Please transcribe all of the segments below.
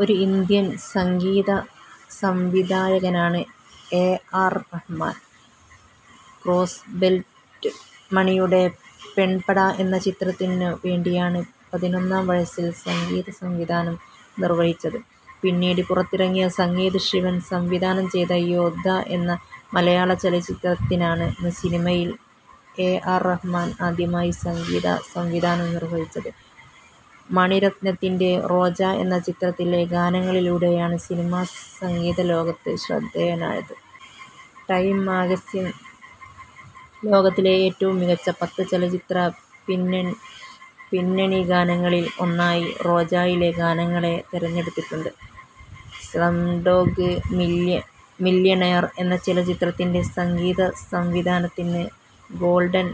ഒരു ഇന്ത്യൻ സംഗീതസംവിധായകനാണ് A. R. Rahman. Crossbelt മണിയുടെ പെൺപട എന്ന ചിത്രത്തിനു വേണ്ടിയാണ് പതിനൊന്നാം വയസ്സിൽ സംഗീതസംവിധാനം നിർവഹിച്ചത് .പിന്നീട് പുറത്തിറങ്ങിയ സംഗീത് ശിവൻ സംവിധാനം ചെയ്ത യോദ്ധാ എന്ന മലയാളചലച്ചിത്രത്തിനാണ് സിനിമയിൽ എ. ആർ. റഹ്മാൻ ആദ്യമായി സംഗീതസംവിധാനം നിർവഹിച്ചത്. മണിരത്നത്തിന്റെ റോജാ എന്ന ചിത്രത്തിലെ ഗാനങ്ങളിലൂടെയാണ് സിനിമാ സംഗീതലോകത്ത് ശ്രദ്ധേയനായത്. ടൈം മാഗസിൻ ലോകത്തിലെ ഏറ്റവും മികച്ച പത്ത് ചലച്ചിത്രപിന്നണിഗാനങ്ങളിൽ ഒന്നായി റോജായിലെ ഗാനങ്ങളെ തിരഞ്ഞെടുത്തിട്ടുണ്ട്. സ്ലംഡോഗ് മില്ല്യണയർ എന്ന ചലച്ചിത്രത്തിന്റെ സംഗീതസംവിധാനത്തിന് ഗോൾഡൻ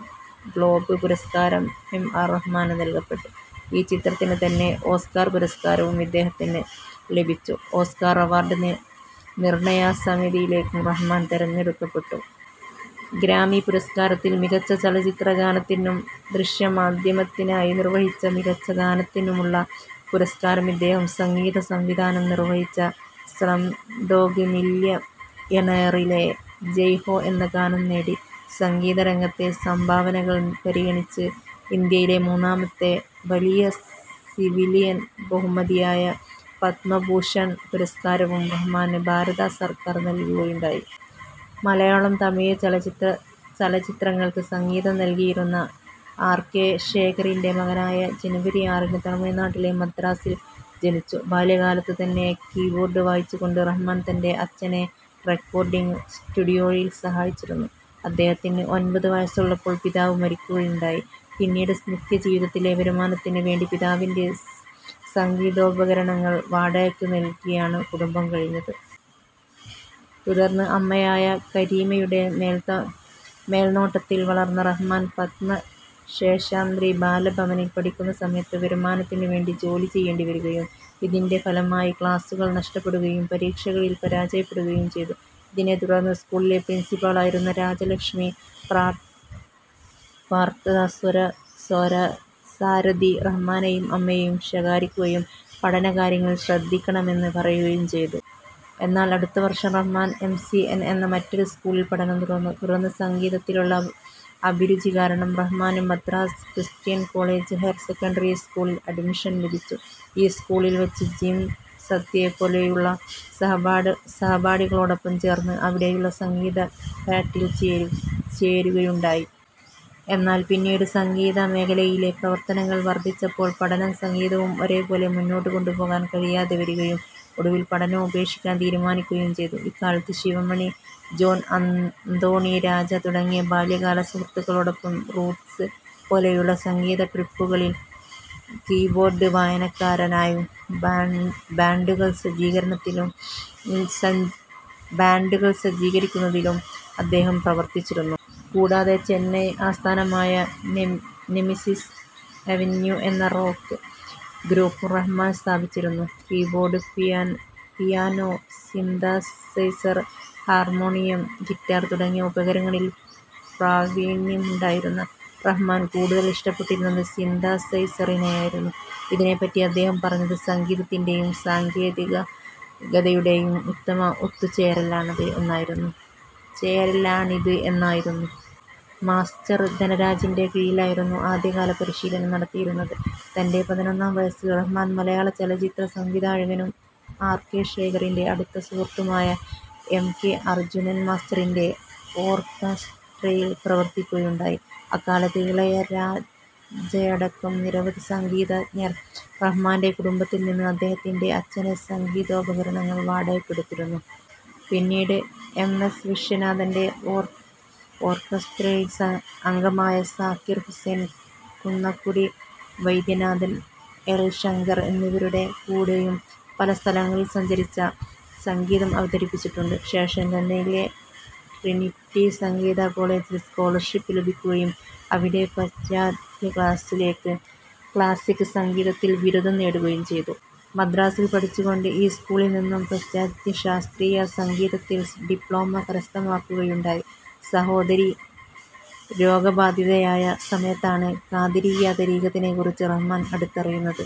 ഗ്ലോബ് പുരസ്കാരം എ. ആർ. റഹ്മാന് നൽകപ്പെട്ടു ഈ ചിത്രത്തിന് തന്നെ ഓസ്കാർ പുരസ്കാരവും ഇദ്ദേഹത്തിന് ലഭിച്ചു. ഓസ്കാർ അവാർഡ് നിർണയ സമിതിയിലേക്കും റഹ്മാൻ തിരഞ്ഞെടുക്കപ്പെട്ടു. ഗ്രാമി പുരസ്കാരത്തിൽ മികച്ച ചലച്ചിത്രഗാനത്തിനും, ദൃശ്യമാദ്ധ്യമത്തിനായി നിർവ്വഹിച്ച മികച്ച ഗാനത്തിനുമുള്ള പുരസ്കാരം ഇദ്ദേഹം സംഗീത സംവിധാനം നിർവ്വഹിച്ച സ്ലം ഡോഗ് മില്യയണറിലെ ജയ് ഹോ എന്ന ഗാനം നേടി. സംഗീത രംഗത്തെ സംഭാവനകൾ പരിഗണിച്ച് ഇന്ത്യയിലെ മൂന്നാമത്തെ വലിയ സിവിലിയൻ ബഹുമതിയായ പത്മഭൂഷൺ പുരസ്കാരവും റഹ്മാന് ഭാരത സർക്കാർ നൽകുകയുണ്ടായി. മലയാളം, തമിഴ് ചലച്ചിത്രങ്ങൾക്ക് സംഗിതം നൽകിയിരുന്ന ആർ. കെ. ശേഖറിന്റെ മകനായി ജനുവരി ആറിന് തമിഴ്നാട്ടിലെ മദ്രാസിൽ ജനിച്ചു. ബാല്യകാലത്തുതന്നെ കീബോർഡ് വായിച്ചുകൊണ്ട് റഹ്മാൻ തന്റെ അച്ഛനെ റെക്കോർഡിങ് സ്റ്റുഡിയോയിൽ സഹായിച്ചിരുന്നു. അദ്ദേഹത്തിന് ഒൻപത് വയസ്സുള്ളപ്പോൾ പിതാവ് മരിക്കുകയുണ്ടായി. പിന്നീട് നിത്യജീവിതത്തിലെ വരുമാനത്തിന് വേണ്ടി പിതാവിന്റെ സംഗിതോപകരണങ്ങൾ വാടകയ്ക്ക് നൽകിയാണ് കുടുംബം കഴിഞ്ഞത്. തുടർന്ന് അമ്മയായ കരീമയുടെ മേൽനോട്ടത്തിൽ വളർന്ന റഹ്മാൻ, പത്മ ശേഷാദ്രി ബാല ഭവനിൽ പഠിക്കുന്ന സമയത്ത് വരുമാനത്തിനുവേണ്ടി ജോലി ചെയ്യേണ്ടി വരികയും ഇതിന്റെ ഫലമായി ക്ലാസ്സുകൾ നഷ്ടപ്പെടുകയും പരീക്ഷകളിൽ പരാജയപ്പെടുകയും ചെയ്തു. ഇതിനെത്തുടർന്ന് സ്കൂളിലെ പ്രിൻസിപ്പാളായിരുന്ന രാജലക്ഷ്മി പാർത്ഥസാരഥി, റഹ്മാനെയും അമ്മയെയും ശകാരിക്കുകയും പഠനകാര്യങ്ങളിൽ ശ്രദ്ധിക്കണമെന്ന് പറയുകയും ചെയ്തു. എന്നാൽ അടുത്തവർഷം റഹ്മാൻ, എം. സി. എൻ എന്ന മറ്റൊരു സ്കൂളിൽ പഠനം തുടർന്നു. തുടർന്ന് സംഗീതത്തിലുള്ള അഭിരുചി കാരണം റഹ്മാന് Madras Christian College higher secondary സ്കൂളിൽ അഡ്മിഷൻ ലഭിച്ചു. ഈ സ്കൂളിൽ വച്ച് ജിം സത്യയെപ്പോലെയുള്ള സഹപാഠികളോടൊപ്പം ചേർന്ന് അവിടെയുള്ള സംഗീത ബാന്റിൽ ചേരുകയുണ്ടായി. എന്നാൽ പിന്നീട് സംഗീതമേഖലയിലെ പ്രവർത്തനങ്ങൾ വർധിച്ചപ്പോൾ പഠനവും സംഗീതവും ഒരേപോലെ മുന്നോട്ടുകൊണ്ടുപോകാൻ കഴിയാതെ വരികയും ഒടുവിൽ പഠനം ഉപേക്ഷിക്കാൻ തീരുമാനിക്കുകയും ചെയ്തു. ഇക്കാലത്ത് ശിവമണി, ജോൺ അന്തോണി, രാജ തുടങ്ങിയ ബാല്യകാല സുഹൃത്തുക്കളോടൊപ്പം " റൂട്ട്സ് " പോലെയുള്ള സംഗീത ട്രൂപ്പുകളിൽ കീബോർഡ് വായനക്കാരനായും ബാൻഡുകൾ സജ്ജീകരിക്കുന്നതിലും അദ്ദേഹം പ്രവർത്തിച്ചിരുന്നു. കൂടാതെ ചെന്നൈ ആസ്ഥാനമായ " നെമിസിസ് അവെന്യു " എന്ന റോക്ക് ഗ്രൂപ്പും റഹ്മാൻ സ്ഥാപിച്ചിരുന്നു. Keyboard, piano, synthesiser, harmonium, guitar തുടങ്ങിയ ഉപകരണങ്ങളിൽ പ്രാവീണ്യമുണ്ടായിരുന്ന റഹ്മാൻ, കൂടുതൽ ഇഷ്ടപ്പെട്ടിരുന്നത് സിന്തസൈസറിനെയായിരുന്നു. ഇതിനെപറ്റി അദ്ദേഹം പറഞ്ഞത് " സംഗീതത്തിന്റേയും സാങ്കേതികതയുടേയും ഉത്തമ ഒത്തുചേരലാണിത് " എന്നായിരുന്നു. മാസ്റ്റർ ധനരാജിന്റെ കീഴിലായിരുന്നു ആദ്യകാല പരിശീലനം നടത്തിയിരുന്നത്. തന്റെ പതിനൊന്നാം വയസ്സിൽ റഹ്മാൻ, മലയാള ചലച്ചിത്ര സംവിധായകനും ആർ. കെ. ശേഖറിന്റെ അടുത്ത സുഹൃത്തുമായ എം. കെ. അർജുനൻ മാസ്റ്ററിന്റെ ഓർക്കസ്ട്രയിൽ പ്രവർത്തിക്കുകയുണ്ടായി. അക്കാലത്ത് ഇളയരാജയടക്കം നിരവധി സംഗീതഞ്ജർ റഹ്മാന്റെ കുടുംബത്തിൽ നിന്ന് അദ്ദേഹത്തിന്റെ അച്ഛന്റെ സംഗീതോപകരണങ്ങൾ വാടകയ്ക്കെടുത്തിരുന്നു. പിന്നീട് എം. എസ്. വിശ്വനാഥന്റെ ഓർക്കസ്ട്രയിൽ അംഗമായി. സാക്കിർ ഹുസൈൻ, കുന്നക്കുടി വൈദ്യനാഥൻ, എൽ. ശങ്കർ എന്നിവരുടെ കൂടെയും പല സ്ഥലങ്ങളിൽ സഞ്ചരിച്ച് സംഗീതം അവതരിപ്പിച്ചിട്ടുണ്ട്. ശേഷം ലണ്ടനിലെ ട്രിനിറ്റി സംഗീത കോളേജിൽ സ്കോളർഷിപ്പ് ലഭിക്കുകയും അവിടെ പാശ്ചാത്യ ക്ലാസിക്ക് സംഗീതത്തിൽ ബിരുദം നേടുകയും ചെയ്തു. മദ്രാസിൽ പഠിച്ചുകൊണ്ട്, ഈ സ്കൂളിൽ നിന്നും പാശ്ചാത്യ ശാസ്ത്രീയ സംഗീതത്തിൽ ഡിപ്ലോമ കരസ്ഥമാക്കുകയുണ്ടായി. സഹോദരി രോഗബാധിതയായ സമയത്താണ് ഖാദിരിയ്യ ത്വരീഖത്തിനെക്കുറിച്ച് റഹ്മാൻ അടുത്തറിയുന്നത്.